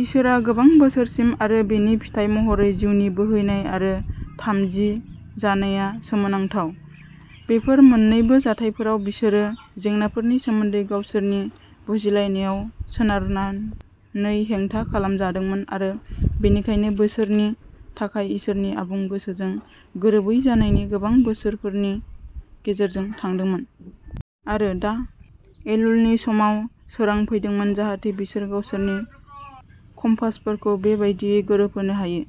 इसोरआ गोबां बोसोरसिम आरो बेनि फिथाय महरै जिउनि बोहैनाय आरो थाजिम जानाया सोमोनांथाव। बेफोर मोन्नैबो जाथायफोराव, बिसोरो जेंनाफोरनि सोमोन्दै गावसोरनि बुजिलायनायाव सोनारनानै हेंथा खालामजादोंमोन आरो बेनिखायनो बिसोरनि थाखाय इसोरनि आबुं गोसोजों गोरोबै जानायनि गोबां बोसोरफोरनि गेजेरजों थांदोंमोन। आरो दा एलुलनि समाव, सोरां फैदोंमोन जाहाथे बिसोर गावसोरनि कम्पासफोरखौ बे बायदियै गोरोबहोनो हायो।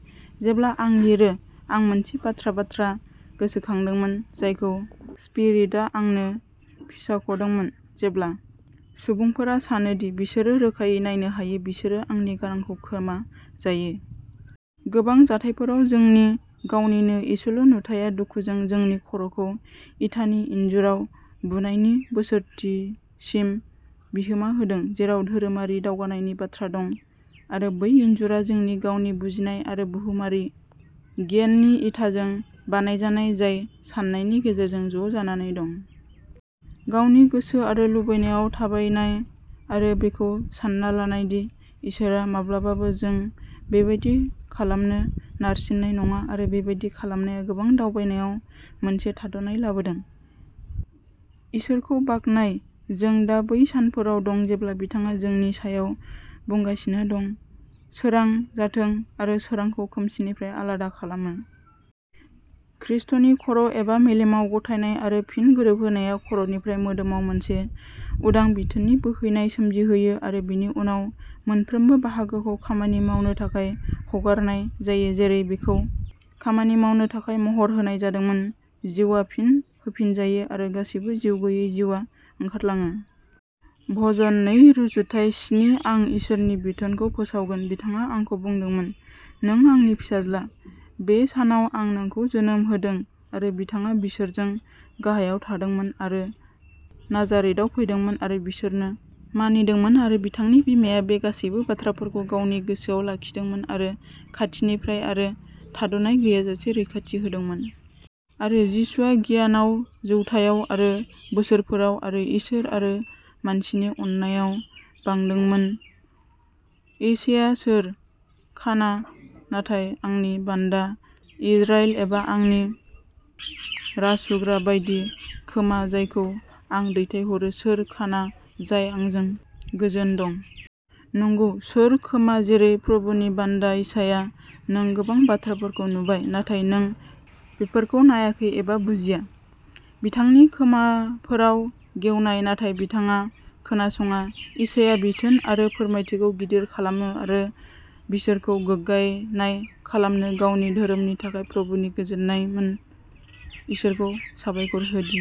जेब्ला आं लिरो, आं मोनसे बाथ्रा बाथ्रा गोसोखांदोंमोन जायखौ स्पिरिटआ आंनो फिसाख'दोंमोन, "जेब्ला सुबुंफोरा सानो दि बिसोरो रोखायै नायनो हायो, बिसोरो आंनि गारांखौ खोमा जायो।" गोबां जाथायफोराव, जोंनि गावनिनो एसेल'नुथाया दुखुजों जोंनि खर'खौ इटानि इनजुराव बुनायनि बोथोरसिम बिहोमा होदों, जेराव धोरोमारि दावगानायनि बाथ्रा दं। आरो बै इनजुरआ जोंनि गावनि बुजिनाय आरो बुहुमारि गियाननि इटाजों बानायजानाय, जाय साननायनि गेजेरजों ज'जानानै दं। गावनि गोसो आरो लुबैनायाव थाबायनाय आरो बेखौ सान्ना लानाय दि इसोरआ माब्लाबाबो जों बेबादि खालामनो नारसिननाय नङा आरो बेबादि खालामनाया गोबां दावबायनायाव मोनसे थाद'नाय लाबोदों। इसोरखौ बाख्नाय, जों दा बै सानफोराव दं जेब्ला बिथाङा जोंनि सायाव बुंगासिनो दं, "सोरां जाथों" आरो सोरांखौ खोमसिनिफ्राय आलादा खालामो। खृष्टनि खर'एबा मेलेमाव गथायनाय आरो फिन गोरोबहोनाया खर'निफ्राय मोदोमाव मोनसे उदां बिथोननि बोहैनाय सोमजिहोयो आरो बेनि उनाव मोनफ्रोमबो बाहागोखौ खामानि मावनो थाखाय हगारनाय जायो जेरै बेखौ खामानि मावनो थाखाय महर होनाय जादोंमोन। जिउआ फिन होफिनजायो आरो गासैबो जिउ गैयै जिउआ ओंखारलाङो। भजन नै रुजुथाय स्नि आं इसोरनि बिथोनखौ फोसावगोन बिथाङा आंखौ बुंदोंमोन, नों आंनि फिसाज्ला; बे सानाव आं नोंखौ जोनोम होदों। आरो बिथाङा बिसोरजों गाहायाव थांदोंमोन। आरो नाजारेथआव फैदोंमोन आरो बिसोरनो मानिदोंमोन आरो बिथांनि बिमाया बे गासैबो बाथ्राफोरखौ गावनि गोसोआव लाखिदोंमोन आरो खाथिनिफ्राय आरो थादनाय गैयाजासे रैखाथि होदोंमोन। आरो जिसुआ गियानाव, जौथायाव आरो बोसोरफोराव, आरो इसोर आरो मानसिनि अननायाव बांदोंमोन। इसाया सोर खाना नाथाय आंनि बान्दा इजराइल एबा आंनि रासुग्रा बायदि खोमा जायखौ आं दैथायहरो सोर खाना जाय आंजों गोजोन दं। नंगौ, सोर खोमा जेरै प्रभुनि बान्दा इसाया नों गोबां बाथ्राफोरखौ नुबाय, नाथाय नों बेफोरखौ नायाखै एबा बुजिया। बिथांनि खोमाफोरा गेवनाय, नाथाय बिथाङा खोनासङा इसाया बिथोन आरो फोरमायथिखौ गिदिर खालामनो आरो बिसोरखौ गोग्गानाय खालामनो गावनि धोरोमनि थाखाय प्रभुनि गोजोनमोन। इसोरखौ साबायखर हो दि,